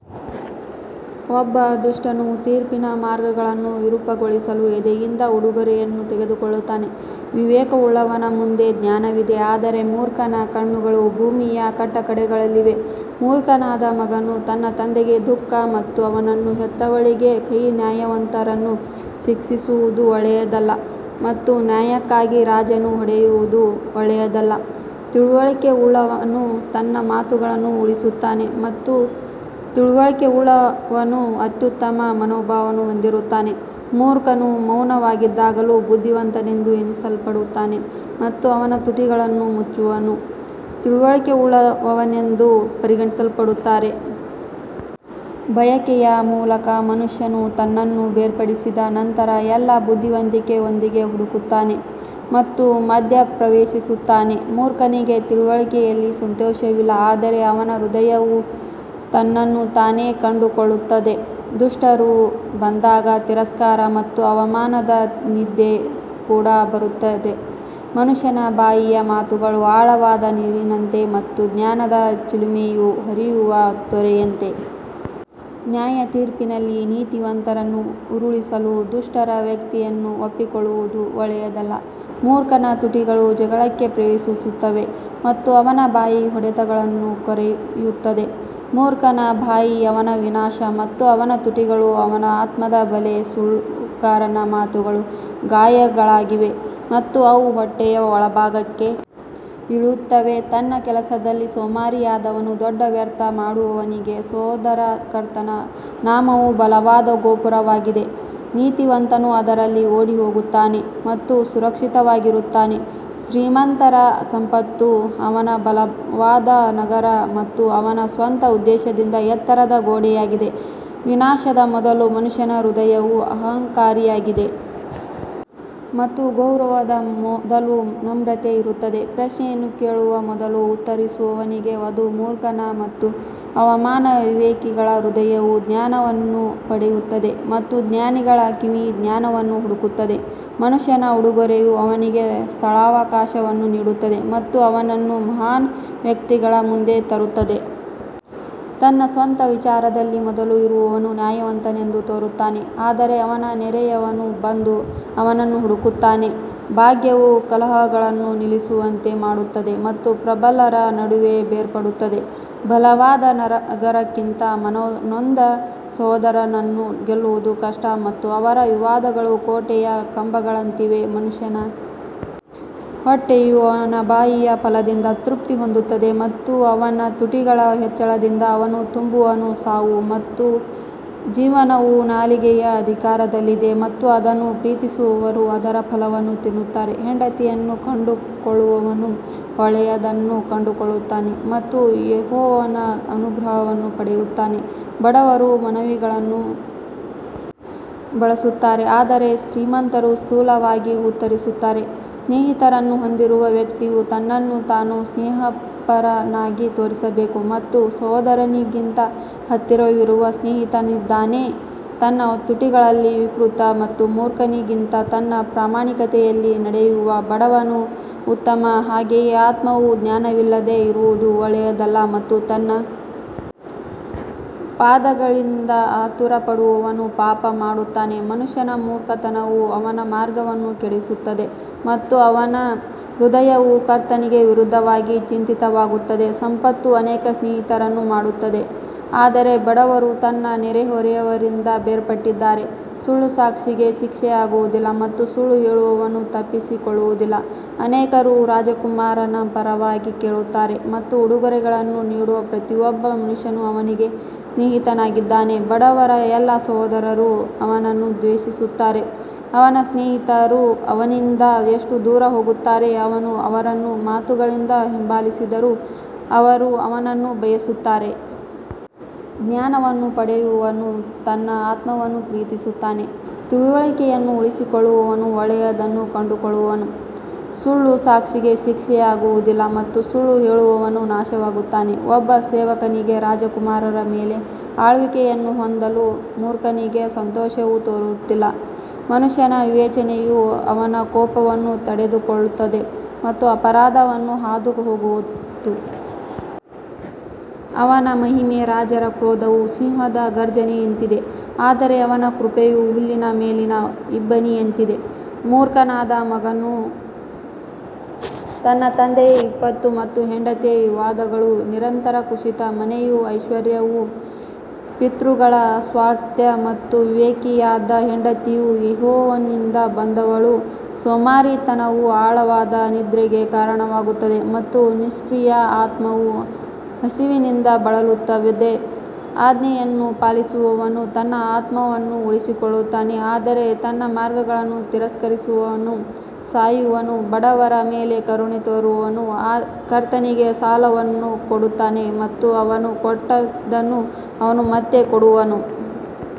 ಒಬ್ಬ ದುಷ್ಟನು ತೀರ್ಪಿನ ಮಾರ್ಗಗಳನ್ನು ವಿರೂಪಗೊಳಿಸಲು ಎದೆಯಿಂದ ಉಡುಗೊರೆಯನ್ನು ತೆಗೆದುಕೊಳ್ಳುತ್ತಾನೆ ವಿವೇಕವುಳ್ಳವನ ಮುಂದೆ ಜ್ಞಾನವಿದೆ ಆದರೆ ಮೂರ್ಖನ ಕಣ್ಣುಗಳು ಭೂಮಿಯ ಕಟ್ಟಕಡೆಗಳಲ್ಲಿವೆ ಮೂರ್ಖನಾದ ಮಗನು ತನ್ನ ತಂದೆಗೆ ದುಃಖ ಮತ್ತು ಅವನನ್ನು ಹೆತ್ತವಳಿಗೆ ಕಹಿ ನ್ಯಾಯವಂತರನ್ನು ಶಿಕ್ಷಿಸುವುದು ಒಳ್ಳೆಯದಲ್ಲ ಮತ್ತು ನ್ಯಾಯಕ್ಕಾಗಿ ರಾಜರನ್ನು ಹೊಡೆಯುವುದು ಒಳ್ಳೆಯದಲ್ಲ ತಿಳುವಳಿಕೆಯುಳ್ಳವನು ತನ್ನ ಮಾತುಗಳನ್ನು ಉಳಿಸುತ್ತಾನೆ ಮತ್ತು ತಿಳುವಳಿಕೆಯುಳ್ಳವನು ಅತ್ಯುತ್ತಮ ಮನೋಭಾವವನ್ನು ಹೊಂದಿರುತ್ತಾನೆ ಮೂರ್ಖನು ಮೌನವಾಗಿದ್ದಾಗಲೂ ಬುದ್ಧಿವಂತನೆಂದು ಎಣಿಸಲ್ಪಡುತ್ತಾನೆ ಮತ್ತು ಅವನ ತುಟಿಗಳನ್ನು ಮುಚ್ಚುವವನು ತಿಳುವಳಿಕೆಯುಳ್ಳವನೆಂದು ಪರಿಗಣಿಸಲ್ಪಡುತ್ತಾನೆ. ಬಯಕೆಯ ಮೂಲಕ ಮನುಷ್ಯನು ತನ್ನನ್ನು ಬೇರ್ಪಡಿಸಿದ ನಂತರ ಎಲ್ಲಾ ಬುದ್ಧಿವಂತಿಕೆಯೊಂದಿಗೆ ಹುಡುಕುತ್ತಾನೆ ಮತ್ತು ಮಧ್ಯಪ್ರವೇಶಿಸುತ್ತಾನೆ ಮೂರ್ಖನಿಗೆ ತಿಳುವಳಿಕೆಯಲ್ಲಿ ಸಂತೋಷವಿಲ್ಲ ಆದರೆ ಅವನ ಹೃದಯವು ತನ್ನನ್ನು ತಾನೇ ಕಂಡುಕೊಳ್ಳುತ್ತದೆ ದುಷ್ಟರು ಬಂದಾಗ ತಿರಸ್ಕಾರ ಮತ್ತು ಅವಮಾನದ ನಿಂದೆ ಕೂಡ ಬರುತ್ತದೆ ಮನುಷ್ಯನ ಬಾಯಿಯ ಮಾತುಗಳು ಆಳವಾದ ನೀರಿನಂತೆ ಮತ್ತು ಜ್ಞಾನದ ಚಿಲುಮೆಯು ಹರಿಯುವ ತೊರೆಯಂತೆ. ನ್ಯಾಯತೀರ್ಪಿನಲ್ಲಿ ನೀತಿವಂತರನ್ನು ಉರುಳಿಸಲು ದುಷ್ಟರ ವ್ಯಕ್ತಿಯನ್ನು ಒಪ್ಪಿಕೊಳ್ಳುವುದು ಒಳ್ಳೆಯದಲ್ಲ ಮೂರ್ಖನ ತುಟಿಗಳು ಜಗಳಕ್ಕೆ ಪ್ರವೇಶಿಸುತ್ತವೆ ಮತ್ತು ಅವನ ಬಾಯಿ ಹೊಡೆತಗಳನ್ನು ಕರೆಯುತ್ತದೆ ಮೂರ್ಖನ ಬಾಯಿ ಅವನ ವಿನಾಶ ಮತ್ತು ಅವನ ತುಟಿಗಳು ಅವನ ಆತ್ಮದ ಬಲೆ ಸುಳ್ಳುಗಾರನ ಮಾತುಗಳು ಗಾಯಗಳಾಗಿವೆ ಮತ್ತು ಅವು ಹೊಟ್ಟೆಯ ಒಳಭಾಗಕ್ಕೆ ಇಳಿಯುತ್ತವೆ ತನ್ನ ಕೆಲಸದಲ್ಲಿ ಸೋಮಾರಿಯಾದವನು ದೊಡ್ಡ ವ್ಯರ್ಥ ಮಾಡುವವನಿಗೆ ಸಹೋದರ ಕರ್ತನ ನಾಮವು ಬಲವಾದ ಗೋಪುರವಾಗಿದೆ, ನೀತಿವಂತನು ಅದರಲ್ಲಿ ಓಡಿಹೋಗುತ್ತಾನೆ ಮತ್ತು ಸುರಕ್ಷಿತವಾಗಿರುತ್ತಾನೆ ಶ್ರೀಮಂತರ ಸಂಪತ್ತು ಅವನ ಬಲವಾದ ನಗರ ಮತ್ತು ಅವನ ಸ್ವಂತ ಉದ್ದೇಶದಿಂದ ಎತ್ತರದ ಗೋಡೆಯಾಗಿದೆ ವಿನಾಶದ ಮೊದಲು ಮನುಷ್ಯನ ಹೃದಯವು ಅಹಂಕಾರಿಯಾಗಿದೆ ಮತ್ತು ಗೌರವದ ಮೊದಲು ನಮ್ರತೆ ಇರುತ್ತದೆ ಪ್ರಶ್ನೆಯನ್ನು ಕೇಳುವ ಮೊದಲು ಉತ್ತರಿಸುವವನಿಗೆ ಅದು ಮೂರ್ಖತನ ಮತ್ತು ಅವಮಾನ ವಿವೇಕಿಗಳ ಹೃದಯವು ಜ್ಞಾನವನ್ನು ಪಡೆಯುತ್ತದೆ ಮತ್ತು ಜ್ಞಾನಿಗಳ ಕಿವಿ ಜ್ಞಾನವನ್ನು ಹುಡುಕುತ್ತದೆ ಮನುಷ್ಯನ ಉಡುಗೊರೆಯು ಅವನಿಗೆ ಸ್ಥಳಾವಕಾಶವನ್ನು ನೀಡುತ್ತದೆ ಮತ್ತು ಅವನನ್ನು ಮಹಾನ್ ವ್ಯಕ್ತಿಗಳ ಮುಂದೆ ತರುತ್ತದೆ ತನ್ನ ಸ್ವಂತ ವಿಚಾರದಲ್ಲಿ ಮೊದಲು ಇರುವವನು ನ್ಯಾಯವಂತನೆಂದು ತೋರುತ್ತಾನೆ ಆದರೆ ಅವನ ನೆರೆಯವನು ಬಂದು ಅವನನ್ನು ಹುಡುಕುತ್ತಾನೆ ಭಾಗ್ಯವು ಕಲಹಗಳನ್ನು ನಿಲ್ಲಿಸುವಂತೆ ಮಾಡುತ್ತದೆ ಮತ್ತು ಪ್ರಬಲರ ನಡುವೆ ಬೇರ್ಪಡುತ್ತದೆ ಬಲವಾದ ನಗರಕ್ಕಿಂತ ಮನನೊಂದ ಸಹೋದರನನ್ನು ಗೆಲ್ಲುವುದು ಕಷ್ಟ ಮತ್ತು ಅವರ ವಿವಾದಗಳು ಕೋಟೆಯ ಕಂಬಗಳಂತಿವೆ ಮನುಷ್ಯನ ಹೊಟ್ಟೆಯು ಅವನ ಬಾಯಿಯ ಫಲದಿಂದ ತೃಪ್ತಿ ಹೊಂದುತ್ತದೆ ಮತ್ತು ಅವನ ತುಟಿಗಳ ಹೆಚ್ಚಳದಿಂದ ಅವನು ತುಂಬುವನು ಸಾವು ಮತ್ತು ಜೀವನವು ನಾಲಿಗೆಯ ಅಧಿಕಾರದಲ್ಲಿದೆ ಮತ್ತು ಅದನ್ನು ಪ್ರೀತಿಸುವವರು ಅದರ ಫಲವನ್ನು ತಿನ್ನುತ್ತಾರೆ ಹೆಂಡತಿಯನ್ನು ಕಂಡುಕೊಳ್ಳುವವನು ಒಳ್ಳೆಯದನ್ನು ಕಂಡುಕೊಳ್ಳುತ್ತಾನೆ ಮತ್ತು ಯೆಹೋವನ ಅನುಗ್ರಹವನ್ನು ಪಡೆಯುತ್ತಾನೆ ಬಡವರು ಮನವಿಗಳನ್ನು ಬಳಸುತ್ತಾರೆ ಆದರೆ ಶ್ರೀಮಂತರು ಸ್ಥೂಲವಾಗಿ ಉತ್ತರಿಸುತ್ತಾರೆ ಸ್ನೇಹಿತರನ್ನು ಹೊಂದಿರುವ ವ್ಯಕ್ತಿಯು ತನ್ನನ್ನು ತಾನು ಸ್ನೇಹಪರನಾಗಿ ತೋರಿಸಬೇಕು ಮತ್ತು ಸಹೋದರನಿಗಿಂತ ಹತ್ತಿರವಿರುವ ಸ್ನೇಹಿತನಿದ್ದಾನೆ ತನ್ನ ತುಟಿಗಳಲ್ಲಿ ವಿಕೃತ ಮತ್ತು ಮೂರ್ಖನಿಗಿಂತ ತನ್ನ ಪ್ರಾಮಾಣಿಕತೆಯಲ್ಲಿ ನಡೆಯುವ ಬಡವನು ಉತ್ತಮ ಹಾಗೆಯೇ ಆತ್ಮವು ಜ್ಞಾನವಿಲ್ಲದೆ ಇರುವುದು ಒಳ್ಳೆಯದಲ್ಲ ಮತ್ತು ತನ್ನ ಪಾದಗಳಿಂದ ಆತುರಪಡುವವನು ಪಾಪ ಮಾಡುತ್ತಾನೆ ಮನುಷ್ಯನ ಮೂರ್ಖತನವು ಅವನ ಮಾರ್ಗವನ್ನು ಕೆಡಿಸುತ್ತದೆ ಮತ್ತು ಅವನ ಹೃದಯವು ಕರ್ತನಿಗೆ ವಿರುದ್ಧವಾಗಿ ಚಿಂತಿತವಾಗುತ್ತದೆ ಸಂಪತ್ತು ಅನೇಕ ಸ್ನೇಹಿತರನ್ನು ಮಾಡುತ್ತದೆ ಆದರೆ ಬಡವರು ತನ್ನ ನೆರೆಹೊರೆಯವರಿಂದ ಬೇರ್ಪಟ್ಟಿದ್ದಾರೆ ಸುಳ್ಳು ಸಾಕ್ಷಿಗೆ ಶಿಕ್ಷೆಯಾಗುವುದಿಲ್ಲ ಮತ್ತು ಸುಳ್ಳು ಹೇಳುವವನು ತಪ್ಪಿಸಿಕೊಳ್ಳುವುದಿಲ್ಲ ಅನೇಕರು ರಾಜಕುಮಾರನ ಪರವಾಗಿ ಕೇಳುತ್ತಾರೆ ಮತ್ತು ಉಡುಗೊರೆಗಳನ್ನು ನೀಡುವ ಪ್ರತಿಯೊಬ್ಬ ಮನುಷ್ಯನು ಅವನಿಗೆ ಸ್ನೇಹಿತನಾಗಿದ್ದಾನೆ ಬಡವರ ಎಲ್ಲಾ ಸಹೋದರರು ಅವನನ್ನು ದ್ವೇಷಿಸುತ್ತಾರೆ, ಅವನ ಸ್ನೇಹಿತರು ಅವನಿಂದ ಎಷ್ಟು ದೂರ ಹೋಗುತ್ತಾರೆ, ಅವನು ಅವರನ್ನು ಮಾತುಗಳಿಂದ ಹಿಂಬಾಲಿಸಿದರೂ ಅವರು ಅವನನ್ನು ಬಯಸುತ್ತಾರೆ. ಜ್ಞಾನವನ್ನು ಪಡೆಯುವವನು ತನ್ನ ಆತ್ಮವನ್ನು ಪ್ರೀತಿಸುತ್ತಾನೆ, ತಿಳುವಳಿಕೆಯನ್ನು ಉಳಿಸಿಕೊಳ್ಳುವವನು ಒಳ್ಳೆಯದನ್ನು ಕಂಡುಕೊಳ್ಳುವನು ಸುಳ್ಳು ಸಾಕ್ಷಿಗೆ ಶಿಕ್ಷೆಯಾಗುವುದಿಲ್ಲ ಮತ್ತು ಸುಳ್ಳು ಹೇಳುವವನು ನಾಶವಾಗುತ್ತಾನೆ ಒಬ್ಬ ಸೇವಕನಿಗೆ ರಾಜಕುಮಾರರ ಮೇಲೆ ಆಳ್ವಿಕೆಯನ್ನು ಹೊಂದಲು ಮೂರ್ಖನಿಗೆ ಸಂತೋಷವು ತೋರುತ್ತಿಲ್ಲ ಮನುಷ್ಯನ ವಿವೇಚನೆಯು ಅವನ ಕೋಪವನ್ನು ತಡೆದುಕೊಳ್ಳುತ್ತದೆ ಮತ್ತು ಅಪರಾಧವನ್ನು ಹಾದುಹೋಗುವುದು ಅವನ ಮಹಿಮೆ ರಾಜರ ಕ್ರೋಧವು ಸಿಂಹದ ಘರ್ಜನೆಯಂತಿದೆ ಆದರೆ ಅವನ ಕೃಪೆಯು ಹುಲ್ಲಿನ ಮೇಲಿನ ಇಬ್ಬನಿಯಂತಿದೆ ಮೂರ್ಖನಾದ ಮಗನು ತನ್ನ ತಂದೆಯ ವಿಪತ್ತು ಮತ್ತು ಹೆಂಡತಿಯ ವಿವಾದಗಳು ನಿರಂತರ ಕುಸಿತ ಮನೆಯೂ ಐಶ್ವರ್ಯವೂ ಪಿತೃಗಳ ಸ್ವಾಸ್ತ್ಯ ಮತ್ತು ವಿವೇಕಿಯಾದ ಹೆಂಡತಿಯು ಯೆಹೋವನಿಂದ ಬಂದವಳು ಸೋಮಾರಿತನವು ಆಳವಾದ ನಿದ್ರೆಗೆ ಕಾರಣವಾಗುತ್ತದೆ ಮತ್ತು ನಿಷ್ಕ್ರಿಯ ಆತ್ಮವು ಹಸಿವಿನಿಂದ ಬಳಲುತ್ತದೆ ಆಜ್ಞೆಯನ್ನು ಪಾಲಿಸುವವನು ತನ್ನ ಆತ್ಮವನ್ನು ಉಳಿಸಿಕೊಳ್ಳುತ್ತಾನೆ ಆದರೆ ತನ್ನ ಮಾರ್ಗಗಳನ್ನು ತಿರಸ್ಕರಿಸುವವನು ಸಾಯುವನು ಬಡವರ ಮೇಲೆ ಕರುಣೆ ತೋರುವವನು ಕರ್ತನಿಗೆ ಸಾಲವನ್ನು ಕೊಡುತ್ತಾನೆ ಮತ್ತು ಅವನು ಕೊಟ್ಟದ್ದನ್ನು ಅವನು ಮತ್ತೆ ಕೊಡುವನು.